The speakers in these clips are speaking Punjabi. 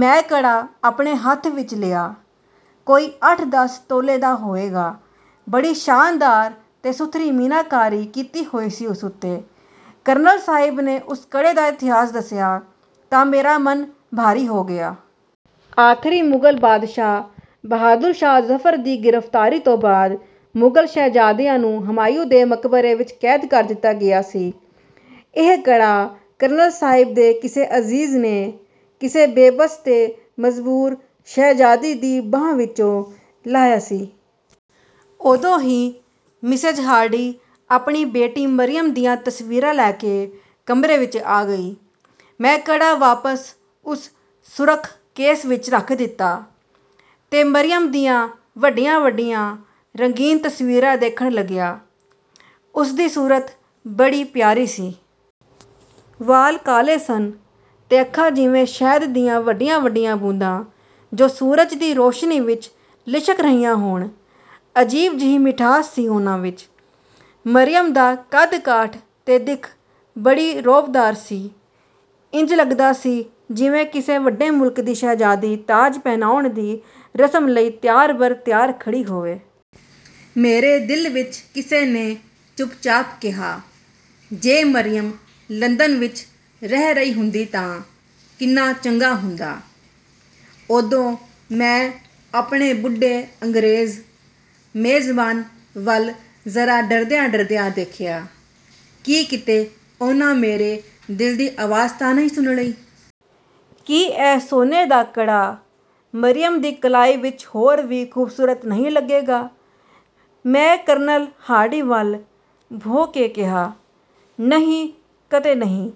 ਮੈਂ ਕੜਾ ਆਪਣੇ ਹੱਥ ਵਿੱਚ ਲਿਆ। ਕੋਈ ਅੱਠ-ਦਸ ਤੋਲੇ ਦਾ ਹੋਏਗਾ। ਬੜੀ ਸ਼ਾਨਦਾਰ ਤੇ ਸੁਥਰੀ ਮੀਨਾਕਾਰੀ ਕੀਤੀ ਹੋਈ ਸੀ ਉਸ ਉੱਤੇ। ਕਰਨਲ ਸਾਹਿਬ ਨੇ ਉਸ ਕੜੇ ਦਾ ਇਤਿਹਾਸ ਦੱਸਿਆ ਤਾਂ ਮੇਰਾ ਮਨ ਭਾਰੀ ਹੋ ਗਿਆ। ਆਖ਼ਰੀ ਮੁਗ਼ਲ ਬਾਦਸ਼ਾਹ ਬਹਾਦੁਰ ਸ਼ਾਹ ਜ਼ਫ਼ਰ ਦੀ ਗ੍ਰਿਫ਼ਤਾਰੀ ਤੋਂ ਬਾਅਦ ਮੁਗ਼ਲ ਸ਼ਹਿਜ਼ਾਦੀਆਂ ਨੂੰ ਹਮਾਯੂੰ ਦੇ ਮਕਬਰੇ ਵਿੱਚ ਕੈਦ ਕਰ ਦਿੱਤਾ ਗਿਆ ਸੀ। ਇਹ ਕੜਾ ਕਰਨਲ ਸਾਹਿਬ ਦੇ ਕਿਸੇ ਅਜ਼ੀਜ਼ ਨੇ ਕਿਸੇ ਬੇਬਸ ਤੇ ਮਜ਼ਬੂਰ ਸ਼ਹਿਜ਼ਾਦੀ ਦੀ ਬਾਂਹ ਵਿੱਚੋਂ ਲਾਹਿਆ ਸੀ। ਉਦੋਂ ਹੀ ਮਿਸੇਜ਼ ਹਾਰਡੀ ਆਪਣੀ ਬੇਟੀ ਮਰੀਅਮ ਦੀਆਂ ਤਸਵੀਰਾਂ ਲੈ ਕੇ ਕਮਰੇ ਵਿੱਚ ਆ ਗਈ। ਮੈਂ ਕੜਾ ਵਾਪਸ ਉਸ ਸੁਰਖ਼ ਕੇਸ ਵਿੱਚ ਰੱਖ ਦਿੱਤਾ ਤੇ ਮਰੀਅਮ ਦੀਆਂ ਵੱਡੀਆਂ-ਵੱਡੀਆਂ ਰੰਗੀਨ ਤਸਵੀਰਾਂ ਦੇਖਣ ਲੱਗਿਆ। ਉਸ ਦੀ ਸੂਰਤ ਬੜੀ ਪਿਆਰੀ ਸੀ। ਵਾਲ ਕਾਲੇ ਸਨ ਤੇ ਅੱਖਾਂ ਜਿਵੇਂ ਸ਼ਹਿਦ ਦੀਆਂ ਵੱਡੀਆਂ-ਵੱਡੀਆਂ ਬੂੰਦਾਂ, ਜੋ ਸੂਰਜ ਦੀ ਰੌਸ਼ਨੀ ਵਿੱਚ ਲਿਸ਼ਕ ਰਹੀਆਂ ਹੋਣ—ਅਜੀਬ ਜਿਹੀ ਮਿਠਾਸ ਸੀ ਉਹਨਾਂ ਵਿੱਚ। ਮਰੀਅਮ ਦਾ ਕੱਦ-ਕਾਠ ਤੇ ਦਿੱਖ ਬੜੀ ਰੌਬਦਾਰ ਸੀ। ਇੰਜ ਲੱਗਦਾ ਸੀ ਜਿਵੇਂ ਕਿਸੇ ਵੱਡੇ ਮੁਲਕ ਦੀ ਸ਼ਹਿਜ਼ਾਦੀ ਤਾਜ ਪਹਿਨਾਉਣ ਦੀ ਰਸਮ ਲਈ ਤਿਆਰ-ਬਰ-ਤਿਆਰ ਖੜ੍ਹੀ ਹੋਵੇ। ਮੇਰੇ ਦਿਲ ਵਿੱਚ ਕਿਸੇ ਨੇ ਚੁੱਪਚਾਪ ਕਿਹਾ, "ਜੇ ਮਰੀਅਮ ਲੰਦਨ ਵਿੱਚ ਰਹਿ ਰਹੀ ਹੁੰਦੀ ਤਾਂ ਕਿੰਨਾ ਚੰਗਾ ਹੁੰਦਾ।" ਉਦੋਂ ਮੈਂ ਆਪਣੇ ਬੁੱਢੇ ਅੰਗਰੇਜ਼ ਮੇਜ਼ਬਾਨ ਵੱਲ ਜ਼ਰਾ ਡਰਦਿਆਂ-ਡਰਦਿਆਂ ਦੇਖਿਆ ਕਿ ਕਿਤੇ ਉਹਨਾਂ ਮੇਰੇ ਦਿਲ ਦੀ ਆਵਾਜ਼ ਤਾਂ ਨਹੀਂ ਸੁਣ ਲਈ! "ਕੀ ਇਹ ਸੋਨੇ ਦਾ ਕੜਾ ਮਰੀਅਮ ਦੀ ਕਲਾਈ ਵਿੱਚ ਹੋਰ ਵੀ ਖੂਬਸੂਰਤ ਨਹੀਂ ਲੱਗੇਗਾ?" ਮੈਂ ਕਰਨਲ ਹਾਰਡੀ ਵੱਲ ਭੌਂ ਕੇ ਕਿਹਾ। "ਨਹੀਂ, ਕਤਈ ਨਹੀਂ!"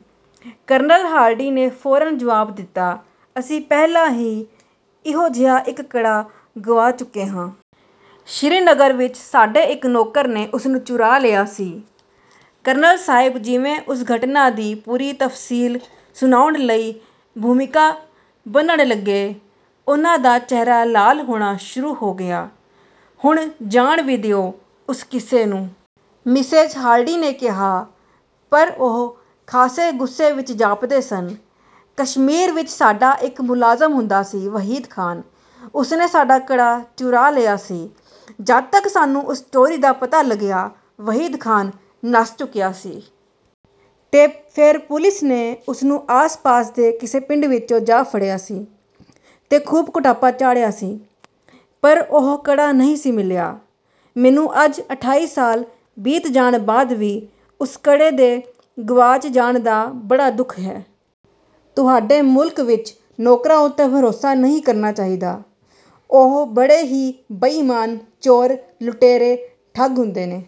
ਕਰਨਲ ਹਾਰਡੀ ਨੇ ਫੌਰਨ ਜਵਾਬ ਦਿੱਤਾ, "ਅਸੀਂ ਪਹਿਲਾਂ ਹੀ ਇਹੋ-ਜਿਹਾ ਇੱਕ ਕੜਾ ਗਵਾ ਚੁੱਕੇ ਹਾਂ। ਸ੍ਰੀਨਗਰ ਵਿੱਚ ਸਾਡੇ ਇੱਕ ਨੌਕਰ ਨੇ ਉਸਨੂੰ ਚੁਰਾ ਲਿਆ ਸੀ।" ਕਰਨਲ ਸਾਹਿਬ ਜਿਵੇਂ ਉਸ ਘਟਨਾ ਦੀ ਪੂਰੀ ਤਫ਼ਸੀਲ ਸੁਣਾਉਣ ਲਈ ਭੂਮਿਕਾ ਬੰਨ੍ਹਣ ਲੱਗੇ। ਉਹਨਾਂ ਦਾ ਚਿਹਰਾ ਲਾਲ ਹੋਣਾ ਸ਼ੁਰੂ ਹੋ ਗਿਆ। "ਹੁਣ ਜਾਣ ਵੀ ਦਿਓ ਉਸ ਕਿੱਸੇ ਨੂੰ।" ਮਿਸੇਜ਼ ਹਾਰਡੀ ਨੇ ਕਿਹਾ, ਪਰ ਉਹ ਖਾਸੇ ਗੁੱਸੇ ਵਿੱਚ ਜਾਪਦੇ ਸਨ। "ਕਸ਼ਮੀਰ ਵਿੱਚ ਸਾਡਾ ਇੱਕ ਮੁਲਾਜ਼ਮ ਹੁੰਦਾ ਸੀ... ਵਹੀਦ ਖ਼ਾਨ। ਉਸਨੇ ਸਾਡਾ ਕੜਾ ਚੁਰਾ ਲਿਆ ਸੀ। ਜਦ ਤਕ ਸਾਨੂੰ ਉਸ ਚੋਰੀ ਦਾ ਪਤਾ ਲੱਗਿਆ, ਵਹੀਦ ਖ਼ਾਨ ਨੱਸ ਚੁੱਕਿਆ ਸੀ... ਤੇ ਫੇਰ ਪੁਲਿਸ ਨੇ ਉਸਨੂੰ ਆਸ-ਪਾਸ ਦੇ ਕਿਸੇ ਪਿੰਡ ਵਿੱਚੋਂ ਜਾ ਫੜਿਆ ਸੀ ਤੇ ਖ਼ੂਬ ਕੁਟਾਪਾ ਚਾੜ੍ਹਿਆ ਸੀ—ਪਰ ਉਹ ਕੜਾ ਨਹੀਂ ਸੀ ਮਿਲਿਆ। ਮੈਨੂੰ ਅੱਜ ਅਠਾਈ ਸਾਲ ਬੀਤ ਜਾਣ ਬਾਅਦ ਵੀ ਉਸ ਕੜੇ ਦੇ ਗਵਾਚ ਜਾਣ ਦਾ ਬੜਾ ਦੁੱਖ ਹੈ। ਤੁਹਾਡੇ ਮੁਲਕ ਵਿੱਚ ਨੌਕਰਾਂ ਉੱਤੇ ਭਰੋਸਾ ਨਹੀਂ ਕਰਨਾ ਚਾਹੀਦਾ। ਉਹ ਬੜੇ ਹੀ ਬੇਈਮਾਨ, ਚੋਰ, ਲੁਟੇਰੇ, ਠੱਗ ਹੁੰਦੇ ਨੇ।"